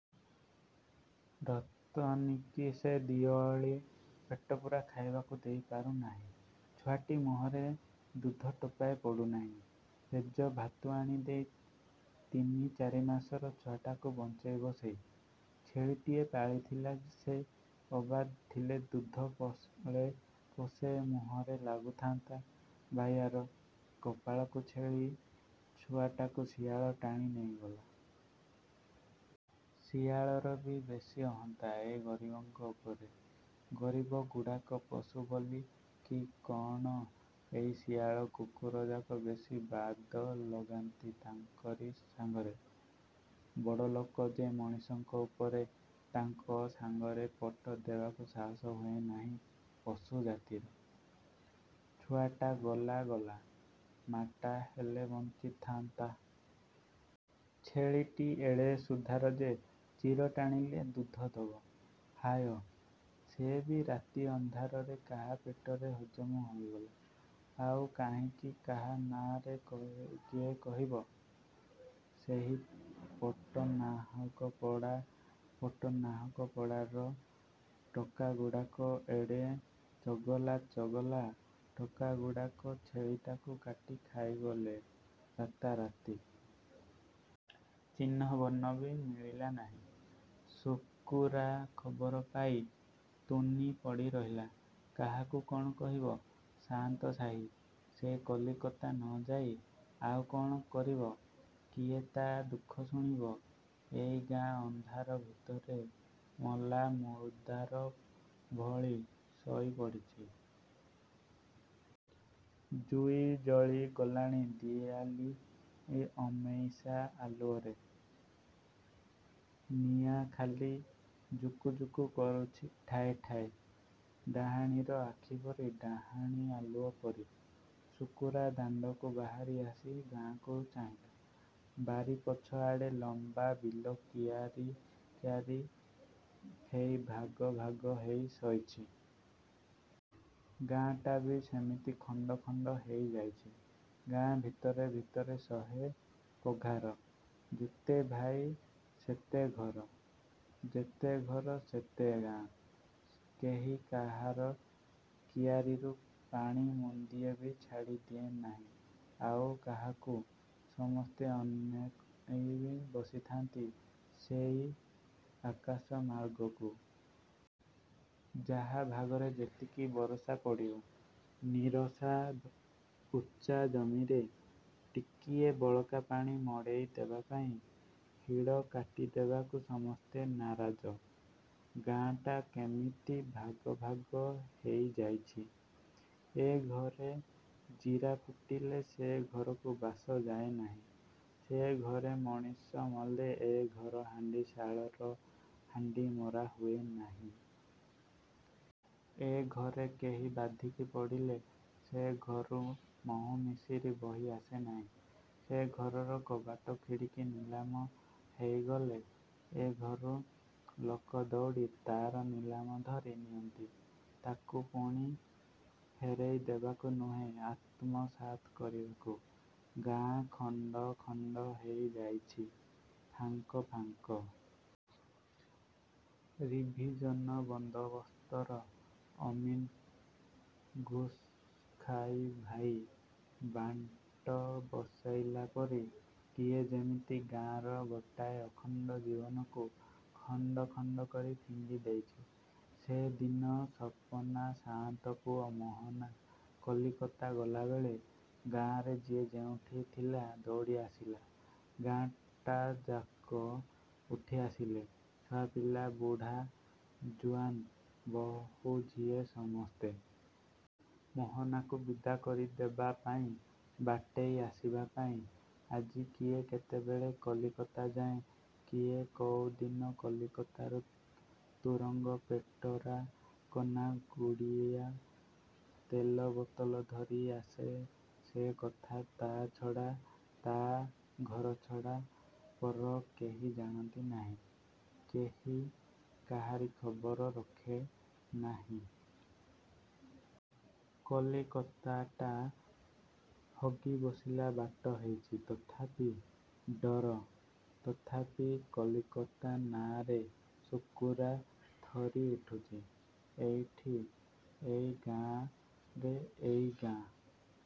ରତନୀକି ସେ ଦି'ଓଳି ପେଟପୂରା ଖାଇବାକୁ ଦେଇପାରୁନାହିଁ। ଛୁଆଟି ମୁହଁରେ ଦୁଧ ଟୋପାଏ ପଡ଼ୁନାହିଁ। ପେଯ, ଭାତୁଆଣି ଦେଇ ତିନି ଚାରିମାସର ଛୁଆଟାକୁ ବଞ୍ଚେଇବ ସେ? ଛେଳିଟିଏ ପାଳିଥିଲା ସେ ଅବା ଥିଲେ ଦୁଧ ପଳେ ପୋଷେ ମୁହଁରେ ଲାଗୁଥାନ୍ତା ବାଇଆର। କପାଳକୁ ଛେଳି ଛୁଆଟାକୁ ଶିଆଳ ଟାଣି ନେଇଗଲା। ଶିଆଳରବି ବେଶି ଅହନ୍ତା ଏଇ ଗରିବଙ୍କ ଉପରେ। ଗରିବଗୁଡ଼ାକ ପଶୁ ବୋଲି କି କ'ଣ ଏଇ ଶିଆଳ କୁକୁରଯାକ ବେଶି ବାଦ ଲଗାନ୍ତି ତାଙ୍କରି ସାଙ୍ଗରେ। ବଡ଼ଲୋକ ଯେ ମଣିଷଙ୍କ ଉପରେ, ତାଙ୍କ ସାଙ୍ଗରେ ପଟ ଦେବାକୁ ସାହସ ହୁଏ ନାହିଁ ପଶୁ ଜାତିର। ଛୁଆଟା ଗଲା ଗଲା, ମାଟା ହେଲେ ବଞ୍ଚି ଥାଆନ୍ତା। ଛେଳିଟି ଏଡ଼େ ସୁଧାର ଯେ ଚିର ଟାଣିଲେ ଦୁଧ ଦବ। ହାୟ, ସେ ବି ରାତି ଅନ୍ଧାରରେ କାହା ପେଟରେ ହଜମ ହେଇଗଲା। ଆଉ କାହିଁକି କାହା ନାଆଁରେ କିଏ କହିବ! ସେହି ପଟ୍ଟନାହାକ ପଡ଼ା ପଟ୍ଟନାହାକପଡ଼ାର ଟୋକାଗୁଡ଼ାକ ଏଡ଼େ ଚଗଲା ଚଗଲା ଟୋକାଗୁଡ଼ାକ ଛେଳିଟାକୁ କାଟି ଖାଇଗଲେ ରାତାରାତି। ଚିହ୍ନବର୍ଣ୍ଣବି ମିଳିଲା ନାହିଁ। ଶୁକୁରା ଖବର ପାଇ ତୁନି ପଡ଼ି ରହିଲା। କାହାକୁ କ'ଣ କହିବ? ସାଆନ୍ତ ସାହି। ସେ କଲିକତା ନ ଯାଇ ଆଉ କ'ଣ କରିବ? କିଏ ତା' ଦୁଃଖ ଶୁଣିବ? ଏଇ ଗାଁ। ଅନ୍ଧାର ଭିତରେ ମଲା ମୁର୍ଦାର ଭଳି ଶୋଇ ପଡ଼ିଚି। ଜୁଇ ଜଳି ଗଲାଣି ଦିଆଲି ଅମେଇସା ଆଲୁଅରେ। ନିଆଁ ଖାଲି ଜୁକୁଜୁକୁ କରୁଛି ଠାଏ ଠାଏ, ଡାହାଣୀର ଆଖି ପରି, ଡାହାଣୀ ଆଲୁଅ ପରି। ଶୁକୁରା ଦାଣ୍ଡକୁ ବାହାରି ଆସି ଗାଁକୁ ଚାହିଁଲା। ବାରିପଛ ଆଡ଼େ ଲମ୍ୱା ବିଲ କିଆରି କିଆରି ହେଇ ଭାଗ ଭାଗ ହେଇ ଶୋଇଛି। ଗାଁଟାବି ସେମିତି ଖଣ୍ଡ ଖଣ୍ଡ ହେଇ ଯାଇଛି। ଗାଁ ଭିତରେ ଭିତରେ ଶହେ ପଘାର। ଯେତେ ଭାଇ ସେତେ ଘର। ଯେତେ ଘର ସେତେ ଗାଁ। କେହି କାହାର କିଆରିରୁ ପାଣି ମୁନ୍ଦିଏବି ଛାଡ଼ିଦିଏ ନାହିଁ ଆଉ କାହାକୁ। ସମସ୍ତେ ଅନେଇ ବସିଥାନ୍ତି ସେଇ ଆକାଶ ମାର୍ଗକୁ। ଯାହା ଭାଗରେ ଯେତିକି ବରଷା ପଡ଼ିବ। ନିରସା ଉଚ୍ଚା ଜମିରେ ଟିକିଏ ବଳକାପାଣି ମଡ଼େଇ ଦେବାପାଇଁ ହିଡ଼କାଟିଦେବାକୁ ସମସ୍ତେ ନାରାଜ। ଗାଁଟା କେମିତି ଭାଗ ଭାଗ ହେଇ ଯାଇଛି। ଏ ଘରେ ଜିରା ଫୁଟିଲେ ସେ ଘରକୁ ବାସ ଯାଏଁ ନାହିଁ। ସେ ଘରେ ମଣିଷ ମଲେ ଏ ଘର ହାଣ୍ଡିଶାଳର ହାଣ୍ଡି ମାରା ହୁଏ ନାହିଁ। ଏ ଘରେ କେହି ବାଧିକି ପଡ଼ିଲେ ସେ ଘରୁ ମହୁ ମିଶିର ବହି ଆସେ ନାହିଁ। ସେ ଘରର କବାଟ ଖିଡ଼ିକି ନିଲାମ ହେଇଗଲେ ଏଘରୁ ଲୋକଦଉଡ଼ି ତା'ର ନିଲାମ ଧରି ନିଅନ୍ତି, ତାକୁ ପୁଣି ଫେରେଇ ଦେବାକୁ ନୁହେଁ ଆତ୍ମସାତ କରିବାକୁ। ଗାଁ ଖଣ୍ଡଖଣ୍ଡ ହେଇ ଯାଇଛି–ଫାଙ୍କଫାଙ୍କ! ରିଭିଜନ ବନ୍ଦୋବସ୍ତର ଅମିନ ଘୁଷ୍ଖାଇ ଭାଇ ବାଣ୍ଟ ବସେଇଲା ପରି କିଏ ଯେମିତି ଗାଁର ଗୋଟାଏ ଅଖଣ୍ଡ ଜୀବନକୁ ଖଣ୍ଡଖଣ୍ଡ କରି ଫିଙ୍ଗି ଦେଇଛି। ସେ ଦିନ ସପନା ସାଆନ୍ତ ପୁଅ ମୋହନା କଲିକତା ଗଲାବେଳେ ଗାଁରେ ଯିଏ ଯେଉଁଠି ଥିଲା ଦଉଡ଼ି ଆସିଲା। ଗାଁଟାଯାକ ଉଠି ଆସିଲେ, ଛୁଆପିଲା ବୁଢ଼ା ଜୁଆନ୍ ବହୂଝିଏ ସମସ୍ତେ। ମୋହନାକୁ ବିଦା କରିଦେବା ପାଇଁ ବାଟେଇ ଆସିବାପାଇଁ, ଆଜି କିଏ କେତେବେଳେ କଲିକତା ଯାଏଁ, କିଏ କୋଉଦିନ କଲିକତାରୁ ତୁରଙ୍ଗ ପେଟରା କନାଗୁଡ଼ିଆ ତେଲବୋତଲ ଧରି ଆସେ ସେ କଥା ତା' ଛଡ଼ା ତା' ଘର ଛଡ଼ା ପର କେହି ଜାଣନ୍ତି ନାହିଁ। କେହି କାହାରି ଖବର ରଖେ ନାହିଁ। କଲିକତାଟା ହଗିବସିଲା ବାଟ ହେଇଚି। ତଥାପି ଡର। ତଥାପି କଲିକତା ନାଆଁରେ ଶୁକୁରା ଥରି ଉଠୁଛି। ଏଇଠି ଏଇ ଗାଁରେ ଏଇ ଗାଁ